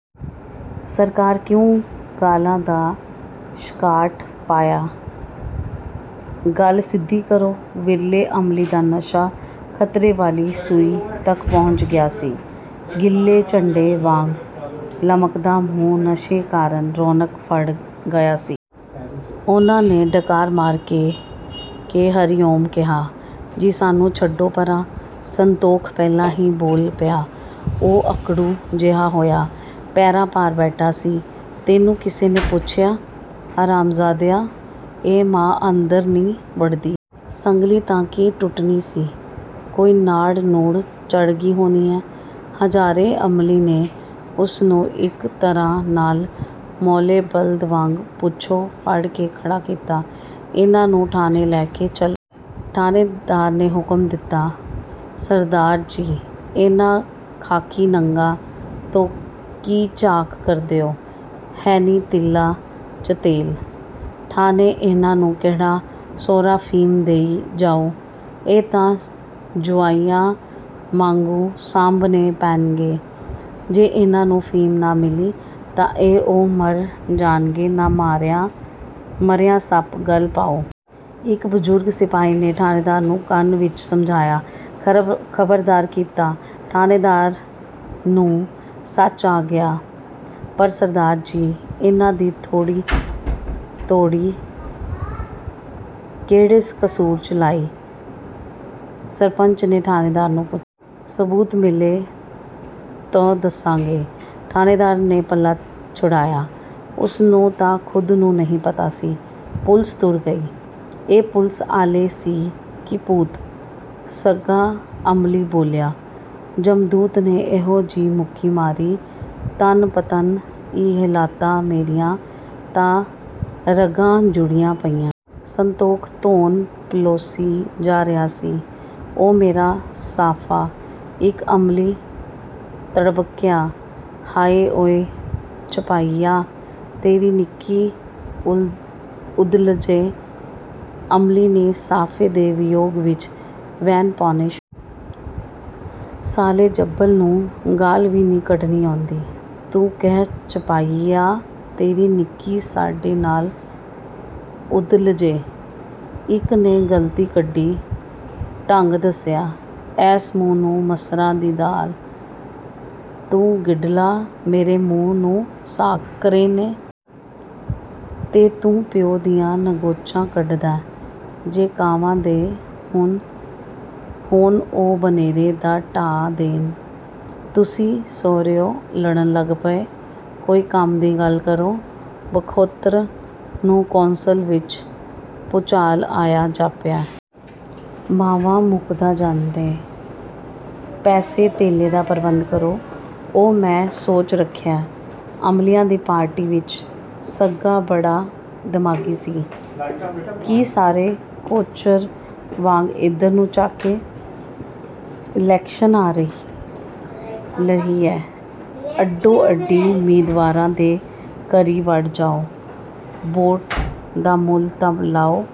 "ਸਰਕਾਰ – ਕਿਉਂ ਗਾਲ੍ਹਾਂ ਦਾ ਛਕਾਟ ਪਾਇਐ – ਗੱਲ ਸਿੱਧੀ ਕਰੋ! " ਵਿਰਲੇ ਅਮਲੀ ਦਾ ਨਸ਼ਾ ਖ਼ਤਰੇ ਵਾਲੀ ਸੂਈ ਤੱਕ ਪਹੁੰਚ ਗਿਆ ਸੀ। ਗਿੱਲੇ ਝੰਡੇ ਵਾਂਗ ਲਮਕਦਾ ਮੂੰਹ ਨਸ਼ੇ ਕਾਰਨ ਰੌਣਕ ਫੜ ਗਿਆ ਸੀ। ਉਸ ਨੇ ਡਕਾਰ੍ਹ ਮਾਰ ਕੇ ਕੇ 'ਹਰੀ-ਓਮ' ਕਿਹਾ। "ਜੀ ਸਾਨੂੰ ਛੱਡੋ ਪਰ੍ਹਾਂ-! " ਸੰਤੋਖ ਪਹਿਲਾਂ ਹੀ ਬੋਲ ਪਿਆ। ਉਹ ਓਕੜੂ ਜਿਹਾ ਹੋਇਆ, ਪੈਰਾਂ ਭਾਰ ਬੈਠਾ ਸੀ। "ਤੈਨੂੰ ਕਿਸੇ ਨੇ ਪੁੱਛਿਐ, ਹਰਾਮਦਿਆ! ਇਹ ਮਾਂ ਅੰਦਰ ਨੀ ਵੜਦੀ? ਸੰਗਲੀ ਤਾਂ ਕੀ ਟੁੱਟਣੀ ਸੀ – ਕੋਈ ਨਾੜ ਨੂੜ ਚੜ੍ਹਗੀ ਹੋਣੀ ਐਂ। " ਹਜ਼ਾਰੇ ਅਮਲੀ ਨੇ ਉਸ ਨੂੰ ਇੱਕ ਤਰ੍ਹਾਂ ਨਾਲ ਮੌਲੇ ਬਲਦ ਵਾਂਗ ਪੂਛੋਂ ਫੜ ਕੇ ਖੜ੍ਹਾ ਕੀਤਾ। "ਇਹਨਾਂ ਨੂੰ ਠਾਣੇ ਲੈ ਕੇ ਚੱਲੋ! " ਠਾਣੇਦਾਰ ਨੇ ਹੁਕਮ ਕੀਤਾ। "ਸਰਦਾਰ ਜੀ! ਇਹਨਾਂ ਖਾਖੀ ਨੰਗਾਂ ਤੋਂ ਕੀ ਝਾਕ ਕਰਦੇ ਓਂ? ਹੈਨੀ ਤਿਲਾਂ 'ਚ ਤੇਲ! ਠਾਣੇ ਇਹਨਾਂ ਨੂੰ ਕਿਹੜਾ ਸਹੁਰਾ ਫ਼ੀਮ ਦੇਈ ਜਾਊ? ਇਹ ਤਾਂ ਜੁਆਈਆਂ ਮਾਂਗੂੰ ਸਾਂਭਣੇਂ ਪੈਣਗੇ-ਜੇ ਇਹਨਾਂ ਨੂੰ ਫ਼ੀਮ ਨਾ ਮਿਲੀ-ਤਾਂ ਇਹ ਊਂ ਮਰ ਜਾਣਗੇ-ਨਾ ਮਰਿਆ ਸੱਪ ਗਲ ਪਾਓ! " ਇੱਕ ਬਜ਼ੁਰਗ ਸਿਪਾਹੀ ਨੇ ਠਾਣੇਦਾਰ ਨੂੰ ਕੰਨ ਵਿਚ ਸਮਝਾਇਆ। ਖ਼ਬਰਦਾਰ ਕੀਤਾ। ਠਾਣੇਦਾਰ ਨੂੰ ਸੱਚ ਆ ਗਿਆ "ਪਰ ਸਰਦਾਰ ਜੀ! ਇਹਨਾਂ ਦੀ ਧੌੜੀ ਕਿਹੜੇ ਕਸੂਰ 'ਚ ਲਾਹੀ? " ਸਰਪੰਚ ਨੇ ਠਾਣੇਦਾਰ ਨੂੰ ਪੁੱਛਿਆ। "ਸਬੂਤ ਮਿਲੇ ਤੋਂ ਦੱਸਾਂਗੇ। " ਠਾਣੇਦਾਰ ਨੇ ਪੱਲਾ ਛੁਡਾਇਆ। ਉਸ ਨੂੰ ਤਾਂ ਖੁਦ ਨੂੰ ਨਹੀਂ ਪਤਾ ਸੀ! ਪੁਲਸ ਤੁਰ ਗਈ। "ਇਹ ਪੁਲਸ ਆਲੇ ਸੀ ਕਿ ਭੂਤ? " ਸੱਘਾ ਅਮਲੀ ਬੋਲਿਆ। "ਜਮਦੂਤ ਨੇ ਐਹੋ ਜੀ ਮੁੱਕੀ ਮਾਰੀ-ਤਣ ਪੱਤਣ ਈ ਹਿਲਾਤਾ-ਮੇਰੀਆਂ ਤਾਂ ਰਗਾਂ ਜੁੜੀਆਂ ਪਈਐਂ। " ਸੰਤੋਖ ਧੋਣ ਪਲੋਸੀ ਜਾ ਰਿਹਾ ਸੀ। "ਉਏ ਮੇਰਾ ਸਾਅਫ਼ਾ? " ਇੱਕ ਅਮਲੀ ਤ੍ਰਭਕਿਆ। "ਹਾਏ ਉਏ ਚਪਾਹੀਆ – ਤੇਰੀ ਨਿੱਕੀ ਉੱਧਲਜੇ। " ਅਮਲੀ ਨੇ ਸਾਫ਼ੇ ਦੇ ਵਿਯੋਗ ਵਿਚ ਵੈਣ ਪਾਉਣੇ ਸ਼ੁਰੂ "ਸਾਲੇ ਜੱਭਲ ਨੂੰ ਗਾਲ੍ਹ ਵੀ ਨੀ ਕੱਢਣੀ ਆਉਂਦੀ! ਤੂੰ ਕਹਿ ਚਪਾਹੀਆ ਤੇਰੀ ਨਿੱਕੀ ਸਾਡੇ ਨਾਲ ਉੱਧਲਜੇ! " ਇੱਕ ਨੇ ਗਲਤੀ ਕੱਢੀ। ਢੰਗ ਦੱਸਿਆ। "ਐਸ ਮੂੰਹ ਨੂੰ ਮਸਰਾਂ ਦੀ ਦਾਲ? " "ਤੂੰ ਗਿੱਡਲਾ ਮੇਰੇ ਮੂੰਹ ਨੂੰ ਸਾਕ ਕਰਨੈਂ? " "ਤੇ ਤੂੰ ਪਿਉ ਦੀਆਂ ਨਿਘੋਚਾਂ ਕੱਢਦੈਂ? " "ਜੇ ਕਾਵਾਂ ਦੇ… ਹੋਣ ਉਹ ਬਨੇਰੇ ਨਾ ਢਾਹ ਦੇਣ? " "ਤੁਸੀਂ ਸਹੁਰਿਓ ਲੜਨ ਲੱਗ ਪਏ? ਕੋਈ ਕੰਮ ਦੀ ਗੱਲ ਕਰੋ! " ਬਖਤੌਰ ਨੂੰ ਕੌਂਸਲ ਵਿਚ ਭੂਚਾਲ ਆਇਆ ਜਾਪਿਆ। "ਮਾਵਾ ਮੁਕਦਾ ਜਾਂਦੈ – ਪੈਸੇ ਧੇਲੇ ਦਾ ਪ੍ਰਬੰਧ ਕਰੋ! " "ਉਹ ਮੈਂ ਸੋਚ ਰੱਖਿਐ। " ਅਮਲੀਆਂ ਦੀ ਪਾਰਟੀ ਵਿਚ ਸੱਘਾ ਬੜਾ ਦਿਮਾਗੀ ਸੀ। "ਕੀ..? " ਸਾਰੇ ਕੋਚਰ ਵਾਂਗ ਇੱਧਰ ਨੂੰ ਝਾਕੇ। "ਲੈਕਸ਼ਨ ਆ ਰਹੀ ਐ-ਅੱਡੋ ਅੱਡੀ ਮੀਦਵਾਰਾਂ ਦੇ ਘਰੀਂ ਵੜ ਜਾਓ-ਬੋਟ ਦਾ ਮੁੱਲ ਤਾਂ ਲਓ!